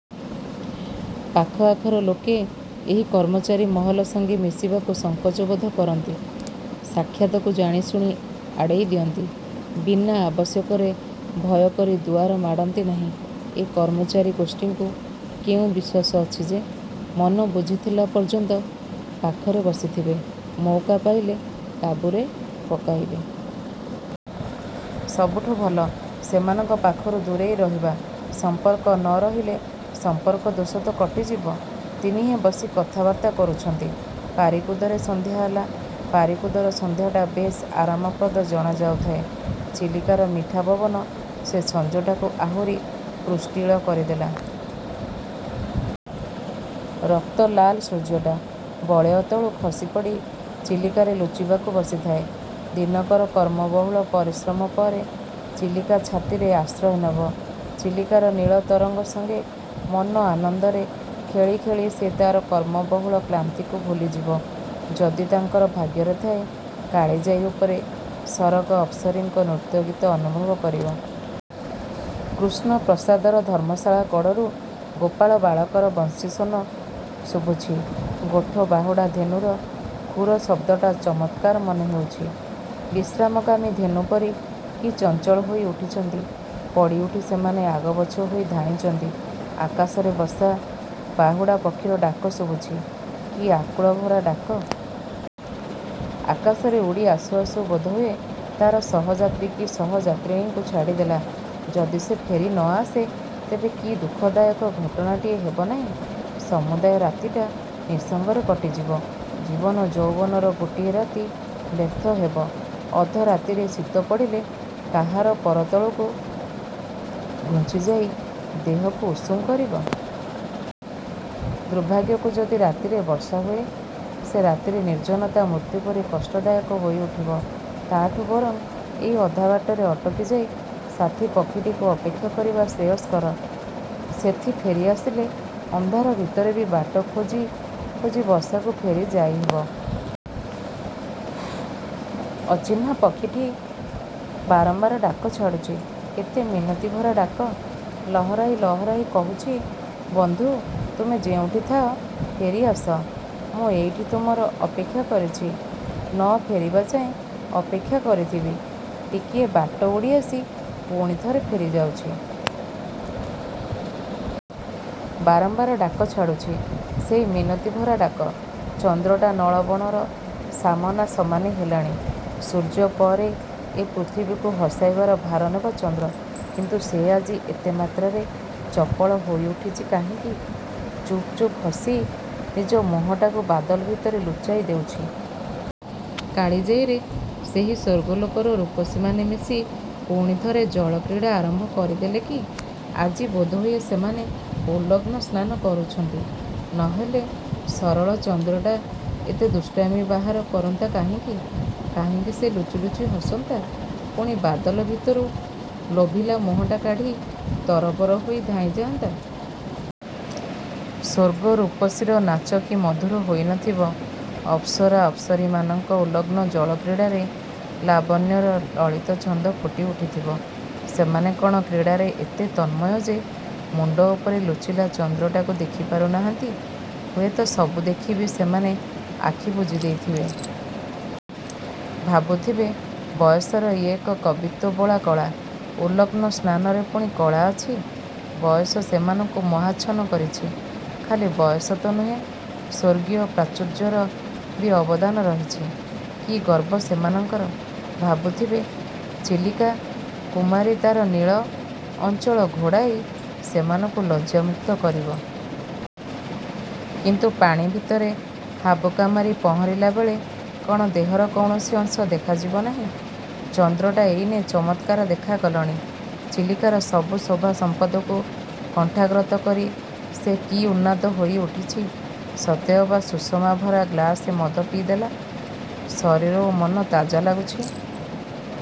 ପାଖଆଖର ଲୋକେ ଏହି କର୍ମଚାରୀ ମହଲ ସଙ୍ଗେ ମିଶିବାକୁ ସଙ୍କୋଚବୋଧ କରନ୍ତି-! ସାକ୍ଷାତକୁ ଜାଣିଶୁଣି ଆଡ଼େଇ ଦିଅନ୍ତି। ବିନା ଆବଶ୍ୟକରେ ଭୟ କରି ଦୁଆର ମାଡ଼ନ୍ତି ନାହିଁ-। ଏ କର୍ମଚାରୀ ଗୋଷ୍ଠୀଙ୍କୁ କେଉଁ ବିଶ୍ୱାସ ଅଛି ଯେ? ମନ ବୁଝିଥିଲା ପର୍ଯ୍ୟନ୍ତ ପାଖରେ ବସିଥିବେ-। ମଉକା ପାଇଲେ କାବୁରେ ପକାଇବେ। ସବୁଠୁ ଭଲ, ସେମାନଙ୍କ ପାଖରୁ ଦୂରେଇ ରହିବା। ସମ୍ପର୍କ ନ ରଖିଲେ ସମ୍ପର୍କ ଦୋଷ ତ କଟିଯିବ। ତିନିହେଁ ବସି କଥାବାର୍ତ୍ତା କରୁଛନ୍ତି, ପାରିକୁଦରେ ସନ୍ଧ୍ୟା ହେଲା। ପାରିକୁଦର ସନ୍ଧ୍ୟାଟା ବେଶ୍ ଆରାମପ୍ରଦ ଜଣାଯାଉ ଥାଏ। ଚିଲିକାର ମିଠା ପବନ ସେ ସଞ୍ଜଟାକୁ ଆହୁରି ପୃଷ୍ଟିଳ କରିଦେଲା। ରକ୍ତଲାଲ ସୂର୍ଯ୍ୟଟା, ବଳୟ ତଳୁ ଖସିପଡ଼ି ଚିଲିକାରେ ଲୁଚିବାକୁ ବସିଥାଏ। ଦିନକର କର୍ମବହୁଳ ପରିଶ୍ରମ ପରେ ଚିଲିକା ଛାତିରେ ଆଶ୍ରୟ ନେବ। ଚିଲିକାର ନୀଳ ତରଙ୍ଗ ସଙ୍ଗେ ମନ ଆନନ୍ଦରେ ଖେଳି ଖେଳି ସେ ତାର କର୍ମ ବହୁଳ କ୍ଲାନ୍ତିକୁ ଭୁଲିଯିବ। ଯଦି ତାଙ୍କର ଭାଗ୍ୟରେ ଥାଏ, କାଳିଯାଈ ଉପରେ ସରଗ ଅପ୍ସରୀଙ୍କ ନୃତ୍ୟଗୀତ ଅନୁଭବ କରିବ। କୃଷ୍ଣପ୍ରସାଦର ଧର୍ମଶାଳା କଡ଼ରୁ ଗୋପାଳ ବାଳକର ବଂଶୀସ୍ୱନ ଶୁଭୁଛି। ଗୋଠ ବାହୁଡ଼ା ଧେନୁର ଖୁର ଶବ୍ଦଟା ଚମତ୍କାର ମନେ ହେଉଛି। ବିଶ୍ରାମକାମୀ ଧେନୁପରି କି ଚଞ୍ଚଳହୋଇ ଉଠିଛନ୍ତି। ପଡ଼ିଉଠି ସେମାନେ ଆଗପଛ ହୋଇ ଧାଇଁଛନ୍ତି। ଆକାଶରେ ବସା–ବାହୁଡ଼ା ପକ୍ଷୀର ଡାକ ଶୁଭୁଛି। କି ଆକୁଳଭରା ଡାକ! ଆକାଶରେ ଉଡ଼ି ଆସୁ ଆସୁ ବୋଧହୁଏ ତାର ସହଯାତ୍ରୀ କି ସହଯାତ୍ରୀଣୀକୁ ଛାଡ଼ିଦେଲା। ଯଦି ସେ ଫେରି ନଆସେ ତେବେ କି ଦୁଃଖଦାୟକ ଘଟଣାଟିଏ ହେବ ନାହିଁ? ସମୁଦାୟ ରାତିଟା ନିଃସଙ୍ଗରେ କଟିଯିବ। ଜୀବନ ଯୌବନର ଗୋଟିଏ ରାତି ବ୍ୟର୍ଥ ହେବ। ଅଧ ରାତିରେ ଶୀତ ପଡ଼ିଲେ, କାହାର ପରତଳକୁ ଘୁଞ୍ଚିଯାଇ ଦେହକୁ ଉଷୁମ କରିବ? ଦୁର୍ଭାଗ୍ୟକୁ ଯଦି ରାତିରେ ବର୍ଷା ହୁଏ? ସେ ରାତିରେ ନିର୍ଜନତା ମୃତ୍ୟୁପରି କଷ୍ଟଦାୟକ ହୋଇଉଠିବ। ତାଠୁ ବରଂ ଏଇ ଅଧବାଟରେ ଅଟକି ଯାଇ ସାଥି ପକ୍ଷୀଟିକୁ ଅପେକ୍ଷା କରିବା ଶ୍ରେୟସ୍କର। ସେଥି ଫେରି ଆସିଲେ, ଅନ୍ଧାର ଭିତରେ ବି ବାଟ ଖୋଜି, ଖୋଜି ବସାକୁ ଫେରି ଯାଇହେବ। ଅଚିହ୍ନା ପକ୍ଷୀଟି ବାରମ୍ୱାର ଡାକ ଛାଡ଼ୁଛି। କେତେ ମିନତି ଭରା ଡାକ! ଲହରାଇ ଲହରାଇ କହୁଛି, ବନ୍ଧୁ! ତୁମେ ଯେଉଁଠି ଥାଅ ଫେରି ଆସ। ମୁଁ ଏଇଠି ତୁମର ଅପେକ୍ଷା କରିଛି। ନ ଫେରିବାଯାଏ ଅପେକ୍ଷା କରଥିବି। ଟିକିଏ ବାଟ ଉଡ଼ିଆସି ପୁଣି ଥରେ ଫେରି ଯାଉଛି। ବାରମ୍ୱାର ଡାକ ଛାଡ଼ୁଛି। ସେଇ ମିନତି ଭରା ଡାକ। ଚନ୍ଦ୍ରଟା ନଳବଣର ସାମନା ସମାନି ହେଲାଣି। ସୂର୍ଯ୍ୟ ପରେ ଏ ପୃଥିବୀକୁ ହସାଇବାର ଭାର ନେବ ଚନ୍ଦ୍ର। କିନ୍ତୁ ସେ ଆଜି ଏତେ ମାତ୍ରାରେ ଚପଳ ହୋଇ ଉଠିଛି କାହିଁକି? ଚୁପ୍, ଚୁପ୍ ହସି ନିଜ ମୁହଁଟାକୁ ବାଦଲ ଭିତରେ ଲୁଚାଇ ଦେଉଛି। କାଳିଜାଈରେ ସେହି ସ୍ୱର୍ଗଲୋକର ରୂପସୀମାନେ ମିଶି ପୁଣି ଥରେ ଜଳକ୍ରୀଡ଼ା ଆରମ୍ଭ କରିଦେଲେ କି? ଆଜି ବୋଧହୁଏ ସେମାନେ ଉଲଗ୍ନ ସ୍ନାନ କରୁଛନ୍ତି। ନ ହେଲେ ସରଳ ଚନ୍ଦ୍ରଟା ଏତେ ଦୁଷ୍ଟାମୀ ବାହାର କରନ୍ତା କାହିଁକି? କାହିଁକି ସେ ଲୁଚି ଲୁଚି ହସନ୍ତା? ପୁଣି ବାଦଲ ଭିତରୁ ଲୋଭିଲା ମୁହଁଟା କାଢ଼ି ତରବର ହୋଇ ଧାଇଁ ଯାଆନ୍ତା! ସ୍ୱର୍ଗ ରୂପସୀର ନାଚ କି ମଧୁର ହୋଇ ନ ଥିବ! ଅପ୍ସରା ଅପ୍ସରୀମାନଙ୍କ ଉଲଗ୍ନ ଜଳକ୍ରୀଡ଼ାରେ ଲାବଣ୍ୟର ଲଳିତ ଛନ୍ଦ ଫୁଟି ଉଠିଥିବ। ସେମାନେ କଣ କ୍ରୀଡ଼ାରେ ଏତେ ତନ୍ମୟ ଯେ ମୁଣ୍ଡ ଉପରର ଲୁଚିଲା ଚନ୍ଦ୍ରଟାକୁ ଦେଖିପାରୁ ନାହାନ୍ତି? ହୁଏତ ସବୁ ଦେଖି ବି ସେମାନେ ଆଖିବୁଜି ଦେଇଥିବେ। ଭାବୁଥିବେ ବୟସର ଇଏ ଏକ କବିତ୍ୱ–ବୋଳା କଳା। ଉଲଗ୍ନ ସ୍ନାନରେ ପୁଣି କଳା ଅଛି? ବୟସ ସେମାନଙ୍କୁ ମୋହାଚ୍ଛନ୍ନ କରିଛି। ଖାଲି ବୟସ ତ ନୁହେ, ସ୍ୱର୍ଗୀୟ-ପ୍ରାଚୁର୍ଯ୍ୟର ବି ଅବଦାନ ରହିଛି। କି ଗର୍ବ ସେମାନଙ୍କର! ଭାବୁଥିବେ, ଚିଲିକା–କୁମାରୀ ତାର ନୀଳ–ଅଞ୍ଚଳ ଘୋଡ଼ାଇ ସେମାନଙ୍କୁ ଲଜ୍ଜାମୁକ୍ତ କରିବ। କିନ୍ତୁ ପାଣି ଭିତରେ ହାବୁକା ମାରି ପହଁରିଲାବେଳେ କଣ ଦେହର କୌଣସି ଅଂଶ ଦେଖାଯିବ ନାହିଁ। ଚନ୍ଦ୍ରଟା ଏଇନେ ଚମତ୍କାର ଦେଖା ଗଲଣି। ଚିଲିକାର ସବୁ ଶୋଭା ସମ୍ପଦକୁ କଣ୍ଠାଗ୍ରତ କରି ସେ କି ଉନ୍ମାଦ ହୋଇ ଉଠିଛି! ସତେ ଅବା ସୁଷମା-ଭରା ଗ୍ଲାସେ ମଦ ପିଇଦେଲା। ଶରୀର ଓ ମନ ତାଜା ଲାଗୁଛି।